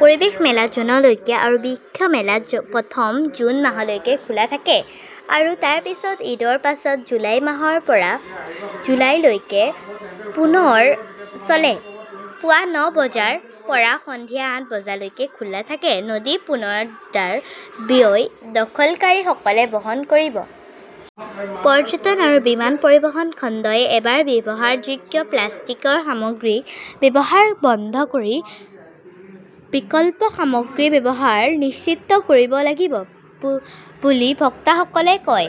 পৰিৱেশ মেলা জুনলৈকে আৰু বৃক্ষা মেলা প্ৰথম জুন মাহলৈকে খোলা থাকে আৰু তাৰ পিছত ঈদৰ পাছত জুলাই মাহৰ পৰা জুলাইলৈকে পুনৰ চলে। পুৱা ন বজাৰ পৰা সন্ধিয়া আঠ বজালৈকে খোলা থাকে। নদী পুনৰুদ্ধাৰৰ ব্যয় দখলকাৰীসকলে বহন কৰিব। পৰ্যটন আৰু বিমান পৰিবহণ খণ্ডই এবাৰ ব্যৱহাৰযোগ্য প্লাষ্টিক সামগ্ৰীৰ ব্যৱহাৰ বন্ধ কৰি বিকল্প সামগ্ৰীৰ ব্যৱহাৰ নিশ্চিত কৰিব লাগিব বুলি বক্তাসকলে কয়।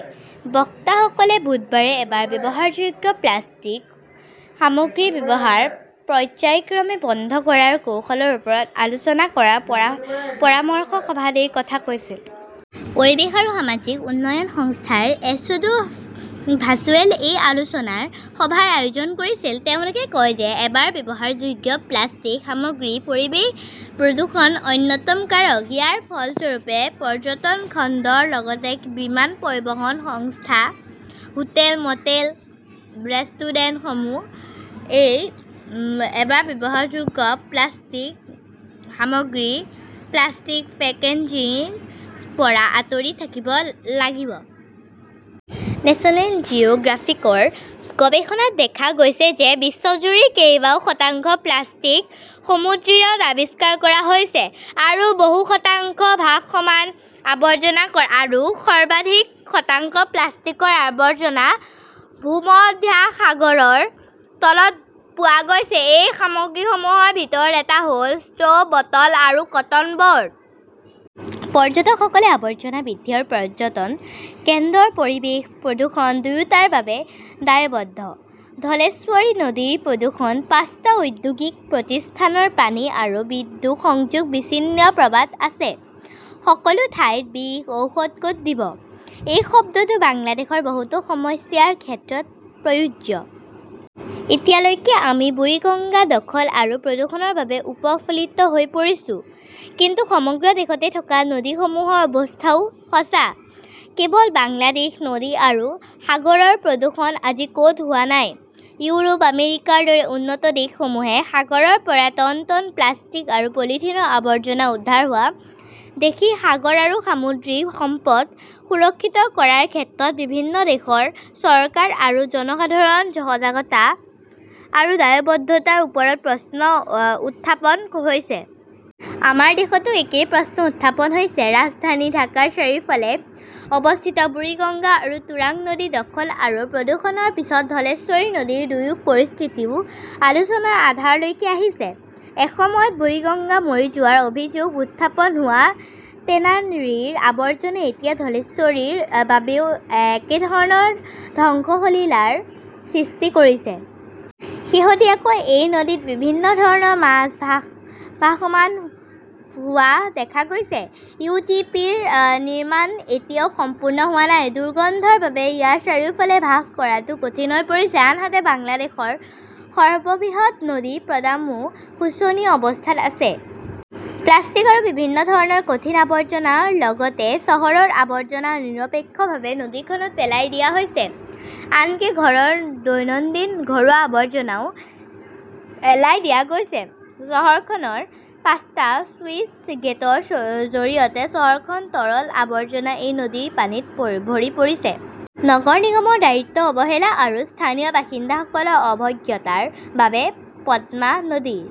বক্তাসকলে বুধবাৰে এবাৰ ব্যৱহাৰযোগ্য প্লাষ্টিক সামগ্ৰীৰ ব্যৱহাৰ, পৰ্য্যায়ক্ৰমে বন্ধ কৰাৰ কৌশলৰ ওপৰত আলোচনা আৰু পৰামৰ্শ সভাত এই কথা কৈছিল। পৰিৱেশ আৰু সামাজিক উন্নয়ন সংস্থাৰ এছডো ভাৰ্চুৱেলে এই আলোচনা সভাৰ আয়োজন কৰিছিল। তেওঁলোকে কয় যে এবাৰ ব্যৱহাৰযোগ্য প্লাষ্টিক সামগ্ৰী পৰিৱেশ প্ৰদূষণ অন্যতম কাৰক। ইয়াৰ ফলস্বৰূপে পৰ্যটন খণ্ডৰ লগতে বিমান পৰিবহণ সংস্থা, হোটেল, মটেল আৰু ৰেষ্টুৰেণ্টসমূহে এই উম এবাৰ ব্যৱহাৰযোগ্য প্লাষ্টিক সামগ্ৰী, প্লাষ্টিক পেকেজিং পৰা আঁতৰি থাকিব লাগিব। নেচনেল জিঅ'গ্ৰাফিকৰ গৱেষণাত দেখা গৈছে যে বিশ্বজুৰি কেইবা শতাংশ প্লাষ্টিক সমুদ্ৰীয় আৱিষ্কাৰ কৰা হৈছে, আৰু বহু শতাংশ ভাসমান আৱৰ্জনা আৰু সৰ্বাধিক শতাংশ প্লাষ্টিকৰ আৱৰ্জনা ভূমধ্যসাগৰৰ তলত পোৱা গৈছে। এই সামগ্ৰীসমূহৰ ভিতৰত এটা হ'ল ষ্ট্ৰ', বটল আৰু কটন বড। পৰ্যটকসকলে আৱৰ্জনা বৃদ্ধি আৰু পৰ্যটন কেন্দ্ৰৰ পৰিৱেশ প্ৰদূষণ দুয়োটাৰে বাবে দায়বদ্ধ। ধলেশ্বৰী নদীৰ প্ৰদূষণঃ পাঁচটা ঔদ্যোগিক প্ৰতিষ্ঠানৰ পানী আৰু বিদ্যুৎ সংযোগ বিচ্ছিন্ন প্রবাদ আছে, "সকলো ঠাইতে বিষ, ঔষধ ক'ত দিব? "এই শব্দটো বাংলাদেশৰ বহুতো সমস্যাৰ ক্ষেত্ৰত প্ৰয়োজ্য। এতিয়ালৈকে আমি বুৰিগঙ্গা দখল আৰু প্ৰদূষণৰ বাবে উৎফুল্লিত হৈ পৰিছো। কিন্তু সমগ্ৰ দেশতে থকা নদীসমূহৰ অৱস্থাও সঁচা। কেৱল বাংলাদেশ, নদী আৰু সাগৰৰ প্ৰদূষণ আজি ক'ত হোৱা নাই? ইউৰোপ, আমেৰিকাৰ দৰে উন্নত দেশসমূহে সাগৰৰ পৰা টন টন প্লাষ্টিক আৰু পলিথিনৰ আৱৰ্জনা উদ্ধাৰ হোৱা দেখি সাগৰ আৰু সামুদ্ৰিক সম্পদ সুৰক্ষিত কৰাৰ ক্ষেত্ৰত বিভিন্ন দেশৰ চৰকাৰ আৰু জনসাধাৰণৰ সজাগতা আৰু দায়বদ্ধতাৰ ওপৰত অ' প্ৰশ্ন উত্থাপন হৈছে। আমাৰ দেশতো একেই প্ৰশ্ন উত্থাপন হৈছে। ৰাজধানী ঢাকাৰ চাৰিওফালে অৱস্থিত বুৰিগঙ্গা আৰু তুৰাগ নদী দখল আৰু প্ৰদূষণৰ পিছত ধলেশ্বৰী নদীৰ দুৰ্যোগ পৰিস্থিতিও আলোচনাৰ আধাৰলৈ আহিছে। এসময়ত বুৰিগঙ্গা মৰি যোৱাৰ অভিযোগ উত্থাপন হোৱা টেনাৰীৰ আৱৰ্জনা এতিয়া ধলেশ্বৰীৰ বাবেও একেধৰণে ধ্বংসলীলাৰ সৃষ্টি কৰিছে। শেহতীয়াকৈ এই নদীত বিভিন্ন ধৰণৰ মাছ ভাসমান হোৱা দেখা গৈছে। ইউ. টি. পি. এ নিৰ্মাণ এতিয়াও সম্পূৰ্ণ হোৱা নাই, দুৰ্গন্ধৰ বাবে ইয়াৰ চাৰিওফালে বাস কৰাটো কঠিন হৈ পৰিছে। আনহাতে, বাংলাদেশৰ সৰ্ববৃহৎ নদী পদ্মাও শোচনীয় অৱস্থাত আছে। প্লাষ্টিক আৰু বিভিন্ন ধৰণৰ কঠিন আৱৰ্জনাৰ লগতে চহৰৰ আৱৰ্জনা নিৰপেক্ষভাৱে নদীখনত পেলাই দিয়া হয়। আনকি ঘৰৰ দৈনন্দিন ঘৰুৱা আৱৰ্জনাও পেলাই দিয়া হৈছে। চহৰখনৰ পাঁচটা শ্লুইচ গেটৰ চ জৰিয়তে চহৰখনৰ তৰল আৱৰ্জনা এই নদীৰ পানীত ভৰ ভৰি পৰিছে। নগৰ নিগমৰ দায়িত্বৰ অৱহেলা আৰু স্থানীয় বাসিন্দাসকলৰ অজ্ঞতাৰ বাবে পদ্মা নদীৰ